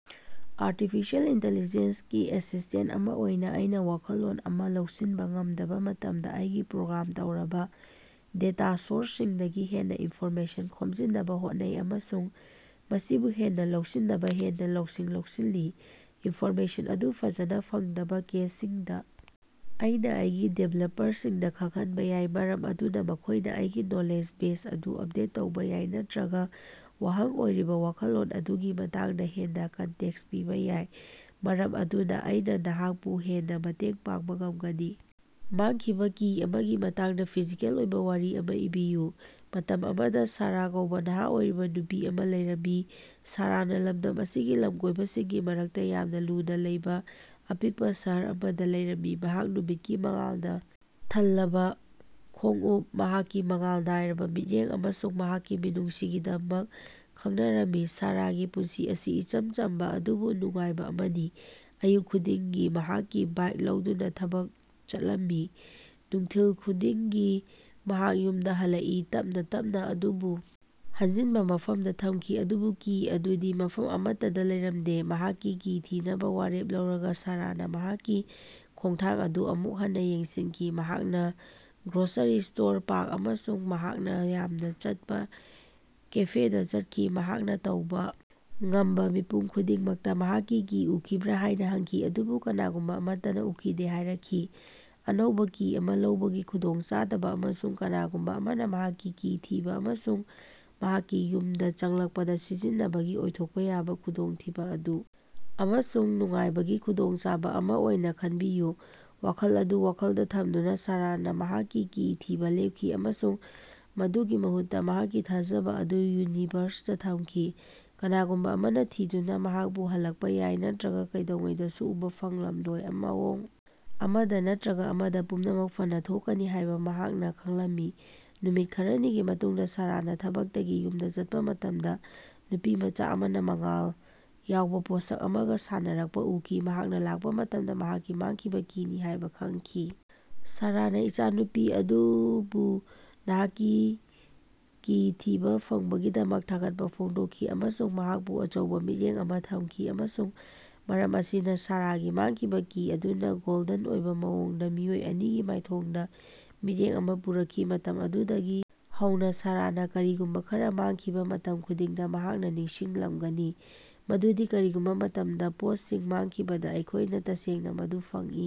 Artificial intelligence ꯒꯤ assistant ꯑꯃ ꯑꯣꯏꯅ ꯑꯩꯅ ꯋꯥꯈꯜꯂꯣꯟ ꯑꯃ ꯂꯧꯁꯤꯟꯕ ꯉꯝꯗꯕ ꯃꯇꯝꯗ ꯑꯩꯒꯤ ꯄ꯭ꯔꯣꯒ꯭ꯔꯥꯝ ꯇꯧꯔꯕ ꯗꯦꯇꯥ ꯁꯣꯔꯁꯁꯤꯡꯗꯒꯤ ꯍꯦꯟꯅ ꯏꯟꯐꯣꯔꯃꯦꯁꯟ ꯈꯣꯝꯖꯤꯟꯅꯕ ꯍꯣꯠꯅꯩ ꯑꯃꯁꯨꯡ ꯃꯁꯤꯕꯨ ꯍꯦꯟꯅ ꯂꯧꯁꯤꯟꯅꯕ ꯍꯦꯟꯅ ꯂꯧꯁꯤꯡ ꯂꯧꯁꯤꯜꯂꯤ꯫ ꯏꯟꯐꯣꯔꯃꯦꯁꯟ ꯑꯗꯨ ꯐꯖꯅ ꯐꯪꯗꯕ ꯀꯦꯁꯁꯤꯡꯗ, ꯑꯩꯅ ꯑꯩꯒꯤ ꯗꯤꯚꯦꯂꯞꯄꯔꯁꯤꯡꯗ ꯈꯪꯍꯟꯕ ꯌꯥꯏ ꯃꯔꯝ ꯑꯗꯨꯅ ꯃꯈꯣꯏꯅ ꯑꯩꯒꯤ ꯅꯣꯂꯦꯖ ꯕꯦꯖ ꯑꯗꯨ ꯑꯞꯗꯦꯠ ꯇꯧꯕ ꯌꯥꯏ ꯅꯠꯇꯔꯒ ꯋꯥꯍꯪ ꯑꯣꯏꯔꯤꯕ ꯋꯥꯈꯜꯂꯣꯟ ꯑꯗꯨꯒꯤ ꯃꯇꯥꯡꯗ ꯍꯦꯟꯅ ꯀꯟꯇꯦꯛꯁ ꯄꯤꯕ ꯌꯥꯏ ꯃꯔꯝ ꯑꯗꯨꯅ ꯑꯩꯅ ꯅꯍꯥꯛꯄꯨ ꯍꯦꯟꯅ ꯃꯇꯦꯡ ꯄꯥꯡꯕ ꯉꯝꯒꯅꯤ꯫ ꯃꯥꯡꯈꯤꯕ ꯀꯤ ꯑꯃꯒꯤ ꯃꯇꯥꯡꯗ ꯐꯤꯖꯤꯀꯦꯜ ꯑꯣꯏꯕ ꯋꯥꯔꯤ ꯑꯃ ꯏꯕꯤꯌꯨ꯫ ꯃꯇꯝ ꯑꯃꯗ ꯁꯥꯔꯥ ꯀꯧꯕ ꯅꯍꯥ ꯑꯣꯏꯔꯤꯕ ꯅꯨꯄꯤ ꯑꯃ ꯂꯩꯔꯝꯃꯤ꯫ ꯁꯥꯔꯥꯅ ꯂꯝꯗꯝ ꯑꯁꯤꯒꯤ ꯂꯝꯀꯣꯏꯕꯁꯤꯡꯒꯤ ꯃꯔꯛꯇ ꯌꯥꯝꯅ ꯂꯨꯅꯥ ꯂꯩꯕ ꯑꯄꯤꯛꯄ ꯁꯍꯔ ꯑꯃꯗ ꯂꯩꯔꯝꯃꯤ꯫ ꯃꯍꯥꯛ ꯅꯨꯃꯤꯠꯀꯤ ꯃꯉꯥꯜꯅ ꯊꯜꯂꯕ ꯈꯣꯡꯎꯞ, ꯃꯍꯥꯛꯀꯤ ꯃꯉꯥꯜ ꯅꯥꯏꯔꯕꯥ ꯃꯤꯠꯌꯦꯡ ꯑꯃꯁꯨꯡ ꯃꯍꯥꯛꯀꯤ ꯃꯤꯅꯨꯡꯁꯤꯒꯤꯗꯃꯛ ꯈꯪꯅꯔꯝꯃꯤ꯫ ꯁꯥꯔꯥꯒꯤ ꯄꯨꯟꯁꯤ ꯑꯁꯤ ꯏꯆꯝ ꯆꯝꯕ ꯑꯗꯨꯕꯨ ꯅꯨꯡꯉꯥꯏꯕ ꯑꯃꯅꯤ꯫ ꯑꯌꯨꯛ ꯈꯨꯗꯤꯡꯒꯤ ꯃꯍꯥꯛꯀꯤ ꯕꯥꯏ꯭ꯛ ꯂꯧꯗꯨꯅ ꯊꯕꯛꯇ ꯆꯠꯂꯝꯃꯤ꯫ ꯅꯨꯡꯊꯤꯜ ꯈꯨꯗꯤꯡꯒꯤ ꯃꯍꯥꯛ ꯌꯨꯝꯗ ꯍꯜꯂꯛꯏ, ꯇꯞꯅꯥ ꯇꯞꯅꯥ ꯑꯗꯨꯕꯨ ꯍꯟꯖꯤꯟꯕ ꯃꯐꯝꯗ ꯊꯝꯈꯤ ꯑꯗꯨꯕꯨ ꯀꯤ ꯑꯗꯨꯗꯤ ꯃꯐꯝ ꯑꯃꯠꯇꯗ ꯂꯩꯔꯝꯗꯦ꯫ ꯃꯍꯥꯛꯀꯤ ꯀꯤ ꯊꯤꯅꯕꯥ ꯋꯥꯔꯦꯞ ꯂꯧꯔꯒ ꯁꯥꯔꯥꯅ ꯃꯍꯥꯛꯀꯤ ꯈꯣꯡꯊꯥꯡ ꯑꯗꯨ ꯑꯃꯨꯛ ꯍꯟꯅ ꯌꯦꯡꯁꯤꯟꯈꯤ꯫ ꯃꯍꯥꯛꯅ ꯒ꯭ꯔꯣꯁꯥꯔꯤ ꯁ꯭ꯇꯣꯔ, ꯄꯥꯔꯛ ꯑꯃꯁꯨꯡ ꯃꯍꯥꯛꯅ ꯌꯥꯝꯅ ꯆꯠꯄ ꯀꯦꯐꯦꯗꯥ ꯆꯠꯈꯤ꯫ ꯃꯍꯥꯛꯅ ꯇꯧꯕ ꯉꯝꯕ ꯃꯤꯄꯨꯝ ꯈꯨꯗꯤꯡꯃꯛꯇ ꯃꯍꯥꯛꯀꯤ ꯀꯤ ꯎꯈꯤꯕ꯭ꯔꯥ ꯍꯥꯏꯅ ꯍꯪꯈꯤ ꯑꯗꯨꯕꯨ ꯀꯅꯥꯒꯨꯝꯕ ꯑꯃꯠꯇꯅꯥ ꯎꯈꯤꯗꯦ ꯍꯥꯏꯔꯛꯈꯤ꯫ ꯑꯅꯧꯕ ꯀꯤ ꯑꯃ ꯂꯧꯕꯒꯤ ꯈꯨꯗꯣꯡꯆꯥꯗꯕ ꯑꯃꯁꯨꯡ ꯀꯅꯥꯒꯨꯝꯕ ꯑꯃꯅ ꯃꯍꯥꯛꯀꯤ ꯀꯤ ꯊꯤꯕ ꯑꯃꯁꯨꯡ ꯃꯍꯥꯛꯀꯤ ꯌꯨꯝꯗ ꯆꯪꯂꯛꯄꯗ ꯁꯤꯖꯤꯟꯅꯕꯒꯤ ꯑꯣꯏꯊꯣꯛꯄ ꯌꯥꯕ ꯈꯨꯗꯣꯡꯊꯤꯕ ꯑꯗꯨ ꯑꯃꯁꯨꯡ ꯅꯨꯡꯉꯥꯏꯕꯒꯤ ꯈꯨꯗꯣꯡꯆꯥꯕ ꯑꯃ ꯑꯣꯏꯅ ꯈꯟꯕꯤꯌꯨ꯫ꯋꯥꯈꯜ ꯑꯗꯨ ꯋꯥꯈꯜꯗ ꯊꯝꯗꯨꯅ ꯁꯥꯔꯥꯅ ꯃꯍꯥꯛꯀꯤ ꯀꯤ ꯊꯤꯕ ꯂꯦꯞꯈꯤ ꯑꯃꯁꯨꯡ ꯃꯗꯨꯒꯤ ꯃꯍꯨꯠꯇ ꯃꯍꯥꯛꯀꯤ ꯊꯥꯖꯕ ꯑꯗꯨ ꯌꯨꯅꯤꯚꯔꯁꯇꯥ ꯊꯝꯈꯤ꯫ ꯀꯅꯥꯒꯨꯝꯕ ꯑꯃꯅ ꯊꯤꯗꯨꯅ ꯃꯍꯥꯛꯄꯨ ꯍꯜꯂꯛꯄꯥ ꯌꯥꯏ, ꯅꯠꯇꯔꯒ ꯀꯩꯗꯧꯉꯩꯗꯁꯨ ꯎꯕꯥ ꯐꯪꯂꯝꯂꯣꯏ꯫ ꯃꯑꯣꯡ ꯑꯃꯗ‌ ꯅꯠꯇꯔꯒ ꯑꯃꯗ, ꯄꯨꯝꯅꯃꯛ ꯐꯅꯥ ꯊꯣꯛꯀꯅꯤ ꯍꯥꯏꯕ ꯃꯍꯥꯛꯅ ꯈꯪꯂꯝꯃꯤ꯫ ꯅꯨꯃꯤꯠ ꯈꯔꯅꯤꯒꯤ ꯃꯇꯨꯡꯗ ꯁꯥꯔꯥꯅ ꯊꯕꯛꯇꯒꯤ ꯌꯨꯝꯗ ꯆꯠꯄꯥ ꯃꯇꯝꯗ ꯅꯨꯄꯤꯃꯆꯥ ꯑꯃꯅ ꯃꯉꯥꯜ ꯌꯥꯎꯕ ꯄꯣꯠꯁꯛ ꯑꯃꯒ ꯁꯥꯟꯅꯔꯛꯄ ꯎꯈꯤ꯫ ꯃꯍꯥꯛ ꯂꯥꯛꯄ ꯃꯇꯝꯗ ꯃꯍꯥꯛꯀꯤ ꯃꯥꯡꯈꯤꯕ ꯀꯤꯅꯤ ꯍꯥꯏꯕ ꯈꯪꯈꯤ꯫ ꯁꯥꯔꯥꯅ ꯏꯆꯥꯅꯨꯄꯤ ꯑꯗꯨꯕꯨ ꯃꯍꯥꯛꯀꯤ ꯀꯤ ꯊꯤꯕ ꯐꯪꯕꯒꯤꯗꯃꯛ ꯊꯥꯒꯠꯄꯥ ꯐꯣꯡꯗꯣꯛꯈꯤ ꯑꯃꯁꯨꯡ ꯃꯍꯥꯛꯄꯨ ꯑꯆꯧꯕ ꯃꯤꯠꯌꯦꯡ ꯑꯃ ꯊꯝꯈꯤ꯫ ꯑꯃꯁꯨꯡ ꯃꯔꯝ ꯑꯁꯤꯅ, ꯁꯥꯔꯥꯒꯤ ꯃꯥꯡꯈꯤꯕ ꯀꯤ ꯑꯗꯨꯅ, ꯒꯣꯜꯗꯟ ꯑꯣꯏꯕ ꯃꯑꯣꯡꯗ, ꯃꯤꯑꯣꯏ ꯑꯅꯤꯒꯤ ꯃꯥꯏꯊꯣꯡꯗ ꯃꯤꯠꯌꯦꯡ ꯑꯃ ꯄꯨꯔꯛꯈꯤ꯫ ꯃꯇꯝ ꯑꯗꯨꯗꯒꯤ ꯍꯧꯅ ꯁꯥꯔꯥꯅ ꯀꯔꯤꯒꯨꯝꯕ ꯈꯔꯥ ꯃꯥꯡꯈꯤꯕ ꯃꯇꯝ ꯈꯨꯗꯤꯡꯗ ꯃꯍꯥꯛꯅ ꯅꯤꯡꯁꯤꯡꯂꯝꯒꯅꯤ ꯃꯗꯨꯗꯤ ꯀꯔꯤꯒꯨꯝꯕ ꯃꯇꯝꯗ, ꯄꯣꯠꯁꯤꯡ ꯃꯥꯡꯈꯤꯕꯗ, ꯑꯩꯈꯣꯏꯅ ꯇꯁꯦꯡꯅ ꯃꯗꯨ ꯐꯪꯏ꯫